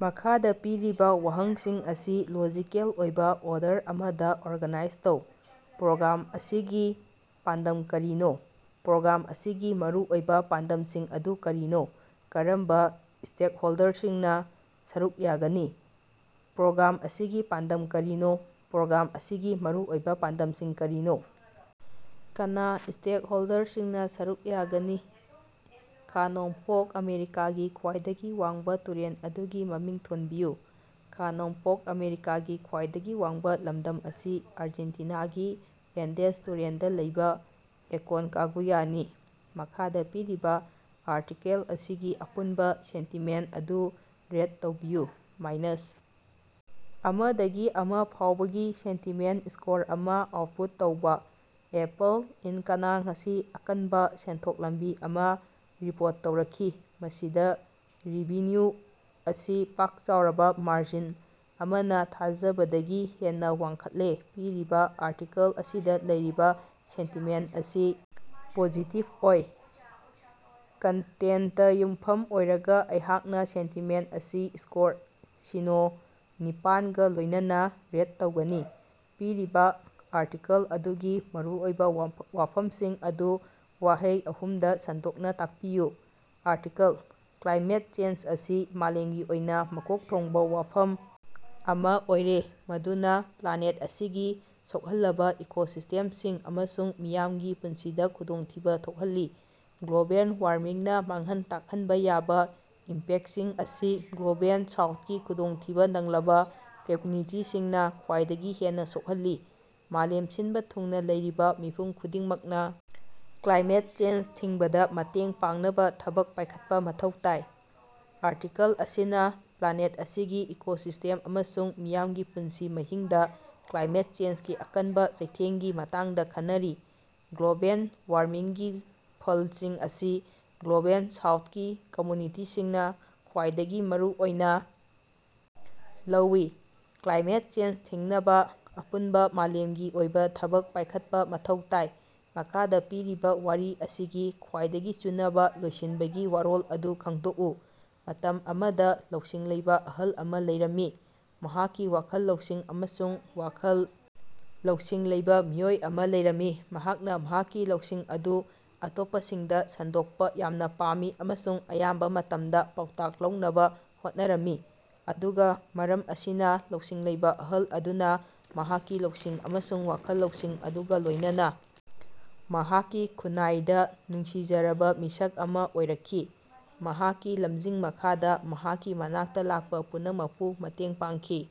ꯃꯈꯥꯗꯥ ꯄꯤꯔꯤꯕꯥ ꯋꯥꯍꯪꯁꯤꯡ ꯑꯁꯤ ꯂꯣꯖꯤꯀꯦꯜ ꯑꯣꯏꯕꯥ ꯑꯣꯔꯗꯔ ꯑꯃꯗꯥ ꯑꯣꯔꯒꯥꯅꯥꯏꯖ ꯇꯧ꯫ ꯄ꯭ꯔꯣꯒ꯭ꯔꯥꯝ ꯑꯁꯤꯒꯤ ꯄꯥꯟꯗꯝ ꯀꯔꯤꯅꯣ? ꯄ꯭ꯔꯣꯒ꯭ꯔꯥꯝ ꯑꯁꯤꯒꯤ ꯃꯔꯨꯑꯣꯏꯕꯥ ꯄꯥꯟꯗꯝꯁꯤꯡ ꯑꯗꯨ ꯀꯔꯤꯅꯣ? ꯀꯔꯝꯕ ꯁ꯭ꯇꯦꯛꯍꯣꯜꯗꯔꯁꯤꯡꯅ ꯁꯔꯨꯛ ꯌꯥꯒꯅꯤ? ꯄ꯭ꯔꯣꯒ꯭ꯔꯥꯝ ꯑꯁꯤꯒꯤ ꯄꯥꯟꯗꯝ ꯀꯔꯤꯅꯣ? ꯄ꯭ꯔꯣꯒ꯭ꯔꯥꯝ ꯑꯁꯤꯒꯤ ꯃꯔꯨꯑꯣꯏꯕ ꯄꯥꯟꯗꯝꯁꯤꯡ ꯀꯔꯤꯅꯣ? ꯀꯅꯥ ꯁ꯭ꯇꯦꯛꯍꯣꯜꯗꯔꯁꯤꯡꯅ ꯁꯔꯨꯛ ꯌꯥꯒꯅꯤ? ꯈꯥ-ꯅꯣꯡꯄꯣꯛ ꯑꯥꯃꯦꯔꯤꯀꯥꯒꯤ ꯈ꯭ꯋꯥꯏꯗꯒꯤ ꯋꯥꯡꯕꯥ ꯇꯨꯔꯦꯜ ꯑꯗꯨꯒꯤ ꯃꯃꯤꯡ ꯊꯣꯟꯕꯤꯌꯨ꯫ ꯈꯥ-ꯅꯣꯡꯄꯣꯛ ꯑꯥꯃꯦꯔꯤꯀꯥꯒꯤ ꯈ꯭ꯋꯥꯏꯗꯒꯤ ꯋꯥꯡꯕꯥ ꯂꯝꯗꯝ ꯑꯁꯤ ꯑꯔꯖꯦꯟꯇꯤꯅꯥꯒꯤ ꯑꯦꯟꯗꯦꯁ ꯇꯨꯔꯦꯜꯗ ꯂꯩꯕ ꯑꯦꯀꯣꯟꯀꯥꯒꯨꯌꯥꯅꯤ꯫ ꯃꯈꯥꯗꯥ ꯄꯤꯔꯤꯕꯥ ꯑꯥꯔꯇꯤꯀꯦꯜ ꯑꯁꯤꯒꯤ ꯑꯄꯨꯟꯕ ꯁꯦꯟꯇꯤꯃꯦꯟꯇ ꯑꯗꯨ ꯔꯦꯠ ꯇꯧꯕꯤꯌꯨ꯫ ꯃꯥꯏꯅꯁ ꯑꯃꯗꯒꯤ ꯑꯃ ꯐꯥꯎꯕꯒꯤ ꯁꯦꯟꯇꯤꯃꯦꯟꯇ ꯁ꯭ꯀꯣꯔ ꯑꯃꯥ ꯑꯥꯎꯠꯄꯨꯠ ꯇꯧꯕꯥ꯫ ꯑꯦꯄꯜ ꯏꯟꯀꯅ ꯉꯁꯤ ꯑꯀꯟꯕꯥ ꯁꯦꯟꯊꯣꯛ ꯂꯝꯕꯤ ꯑꯃꯥ ꯔꯤꯄꯣꯔꯠ ꯇꯧꯔꯛꯈꯤ, ꯃꯁꯤꯗꯥ ꯔꯦꯚꯤꯟꯌꯨ ꯑꯁꯤ ꯄꯥꯛ ꯆꯥꯎꯔꯕ ꯃꯥꯔꯖꯤꯟ ꯑꯃꯅꯥ ꯊꯥꯖꯕꯗꯒꯤ ꯍꯦꯟꯅꯥ ꯋꯥꯡꯈꯠꯂꯦ꯫ ꯄꯤꯔꯤꯕꯥ ꯑꯥꯔꯇꯤꯀꯜ ꯑꯁꯤꯗꯥ ꯂꯩꯔꯤꯕ ꯁꯦꯟꯇꯤꯃꯦꯟꯇ ꯑꯁꯤ ꯄꯣꯖꯤꯇꯤꯕ ꯑꯣꯏ꯫ ꯀꯟꯇꯦꯟꯇꯇꯥ ꯌꯨꯝꯐꯝ ꯑꯣꯏꯔꯒꯥ ꯑꯩꯍꯥꯛꯅ ꯁꯦꯟꯇꯤꯃꯦꯟꯇ ꯑꯁꯤ ꯁ꯭ꯀꯣꯔ ꯁꯤꯅ‌ꯣ ꯅꯤꯄꯥꯟꯒꯥ ꯂꯣꯏꯅꯅꯥ ꯔꯦꯠ ꯇꯧꯒꯅꯤ꯫ ꯄꯤꯔꯤꯕꯥ ꯑꯥꯔꯇꯤꯀꯜ ꯑꯗꯨꯒꯤ ꯃꯔꯨꯑꯣꯏꯕꯥ ꯋꯥ ꯋꯥꯐꯝꯁꯤꯡ ꯑꯗꯨ ꯋꯥꯍꯩ ꯑꯍꯨꯝꯗꯥ ꯁꯟꯗꯣꯛꯅ ꯇꯥꯛꯄꯤꯌꯨ꯫ ꯑꯥꯔꯇꯤꯀꯜ: ꯀ꯭ꯂꯥꯏꯃꯦꯠ ꯆꯦꯟꯖ ꯑꯁꯤ ꯃꯥꯂꯦꯝꯒꯤ ꯑꯣꯏꯅꯥ ꯃꯀꯣꯛ ꯊꯣꯡꯕꯥ ꯋꯥꯐꯝ ꯑꯃꯥ ꯑꯣꯏꯔꯦ ꯃꯗꯨꯅꯥ ꯄ꯭ꯂꯥꯅꯦꯠ ꯑꯁꯤꯒꯤ ꯁꯣꯛꯍꯜꯂꯕꯥ ꯏꯀꯣꯁꯤꯁ꯭ꯇꯦꯝꯁꯤꯡ ꯑꯃꯁꯨꯡ ꯃꯤꯌꯥꯝꯒꯤ ꯄꯨꯟꯁꯤꯗ ꯈꯨꯗꯣꯡꯊꯤꯕꯥ ꯊꯣꯛꯍꯜꯂꯤ꯫ ꯒ꯭ꯂꯣꯕꯦꯜ ꯋꯥꯔꯃꯤꯡꯅ ꯃꯥꯡꯍꯟ ꯇꯥꯛꯍꯟꯕ ꯌꯥꯕ ꯏꯝꯄꯦꯛꯇꯁꯤꯡ ꯑꯁꯤ ꯒ꯭ꯂꯣꯕꯦꯜ ꯁꯥꯎꯠꯀꯤ ꯈꯨꯗꯣꯡꯊꯤꯕ ꯅꯪꯂꯕ ꯀꯃꯌꯨꯅꯤꯇꯤꯁꯤꯡꯅꯥ ꯈ꯭ꯋꯥꯏꯗꯒꯤ ꯍꯦꯟꯅꯥ ꯁꯣꯛꯍꯜꯂꯤ꯫ ꯃꯥꯂꯦꯝ ꯁꯤꯟꯕꯥ ꯊꯨꯡꯅꯥ ꯂꯩꯔꯤꯕꯥ ꯃꯤꯄꯨꯝ ꯈꯨꯗꯤꯡꯃꯛꯅꯥ ꯀ꯭ꯂꯥꯏꯃꯦꯠ ꯆꯦꯟꯖ ꯊꯤꯡꯕꯗꯥ ꯃꯇꯦꯡ ꯄꯥꯡꯅꯕꯥ ꯊꯕꯛ ꯄꯥꯏꯈꯠꯄꯥ ꯃꯊꯧ ꯇꯥꯏ꯫ ꯑꯥꯔꯇꯤꯀꯜ ꯑꯁꯤꯅꯥ ꯄ꯭ꯂꯥꯅꯦꯠ ꯑꯁꯤꯒꯤ ꯏꯀꯣꯁꯤꯁ꯭ꯇꯦꯝ ꯑꯃꯁꯨꯡ ꯃꯤꯌꯥꯝꯒꯤ ꯄꯨꯟꯁꯤ ꯃꯍꯤꯡꯗꯥ ꯀ꯭ꯂꯥꯏꯃꯦꯠ ꯆꯦꯟꯖꯒꯤ ꯑꯀꯟꯕꯥ ꯆꯩꯊꯦꯡꯒꯤ ꯃꯇꯥꯡꯗ ꯈꯟꯅꯔꯤ꯫ ꯒ꯭ꯂꯣꯕꯦꯜ ꯋꯥꯔꯃꯤꯡꯒꯤ ꯐꯜꯁꯤꯡ ꯑꯁꯤ ꯒ꯭ꯂꯣꯕꯦꯜ ꯁꯥꯎꯊꯀꯤ ꯀꯝꯌꯨꯅꯤꯇꯤꯁꯤꯡꯅꯥ ꯈ꯭ꯕꯥꯏꯗꯒꯤ ꯃꯔꯨꯑꯣꯏꯅꯥ ꯂꯧꯏ꯫ ꯀ꯭ꯂꯥꯏꯃꯦꯠ ꯆꯦꯟꯖ ꯊꯤꯡꯅꯕꯥ ꯑꯄꯨꯅꯕꯥ ꯃꯥꯂꯦꯃꯒꯤ ꯑꯣꯏꯕꯥ ꯊꯕꯛ ꯄꯥꯌꯈꯠꯄꯥ ꯃꯊꯧ ꯇꯥꯏ꯫ ꯃꯈꯥꯗꯥ ꯄꯤꯔꯤꯕꯥ ꯋꯥꯔꯤ ꯑꯁꯤꯒꯤ ꯈ꯭ꯋꯥꯏꯗꯒꯤ ꯆꯨꯅꯕꯥ ꯂꯣꯏꯁꯤꯟꯕꯒꯤ ꯋꯥꯔꯣꯜ ꯑꯗꯨ ꯈꯪꯗꯣꯛꯎ꯫ ꯃꯇꯝ ꯑꯃꯗꯥ ꯂꯧꯁꯤꯡ ꯂꯩꯕꯥ ꯑꯍꯜ ꯑꯃꯥ ꯂꯩꯔꯝꯃꯤ, ꯃꯍꯥꯛꯀꯤ ꯋꯥꯈꯜ ꯂꯧꯁꯤꯡ ꯑꯃꯁꯨꯡ ꯋꯥꯈꯜ ꯂꯧꯁꯤꯡ ꯂꯩꯕꯥ ꯃꯤꯑꯣꯏ ꯑꯃꯥ ꯂꯩꯔꯝꯃꯤ꯫ ꯃꯍꯥꯛꯅꯥ ꯃꯍꯥꯛꯀꯤ ꯂꯧꯁꯤꯡ ꯑꯗꯨ ꯑꯇꯣꯞꯄꯁꯤꯡꯗꯥ ꯁꯟꯗꯣꯛꯄꯥ ꯌꯥꯝꯅꯥ ꯄꯥꯝꯃꯤ ꯑꯃꯁꯨꯡ ꯑꯌꯥꯝꯕꯥ ꯃꯇꯝꯗꯥ ꯄꯥꯎꯇꯥꯛ ꯂꯧꯅꯕꯥ ꯍꯣꯠꯅꯔꯝꯃꯤ꯫ ꯑꯗꯨꯒꯥ ꯃꯔꯝ ꯑꯁꯤꯅꯥ, ꯂꯧꯁꯤꯡ ꯂꯩꯕꯥ ꯑꯍꯜ ꯑꯗꯨꯅꯥ ꯃꯍꯥꯛꯀꯤ ꯂꯧꯁꯤꯡ ꯑꯃꯁꯨꯡ ꯋꯥꯈꯜ ꯂꯧꯁꯤꯡ ꯑꯗꯨꯒꯥ ꯂꯣꯏꯅꯅꯥ ꯃꯍꯥꯛꯀꯤ ꯈꯨꯟꯅꯥꯏꯗꯥ ꯅꯨꯡꯁꯤꯖꯔꯕꯥ ꯃꯤꯁꯛ ꯑꯃꯥ ꯑꯣꯏꯔꯛꯈꯤ, ꯃꯍꯥꯛꯀꯤ ꯂꯝꯖꯤꯡ ꯃꯈꯥꯗꯥ ꯃꯍꯥꯛꯀꯤ ꯃꯅꯥꯛꯇꯥ ꯂꯥꯛꯄꯥ ꯄꯨꯝꯅꯃꯛꯄꯨ ꯃꯇꯦꯡ ꯄꯥꯡꯈꯤ꯫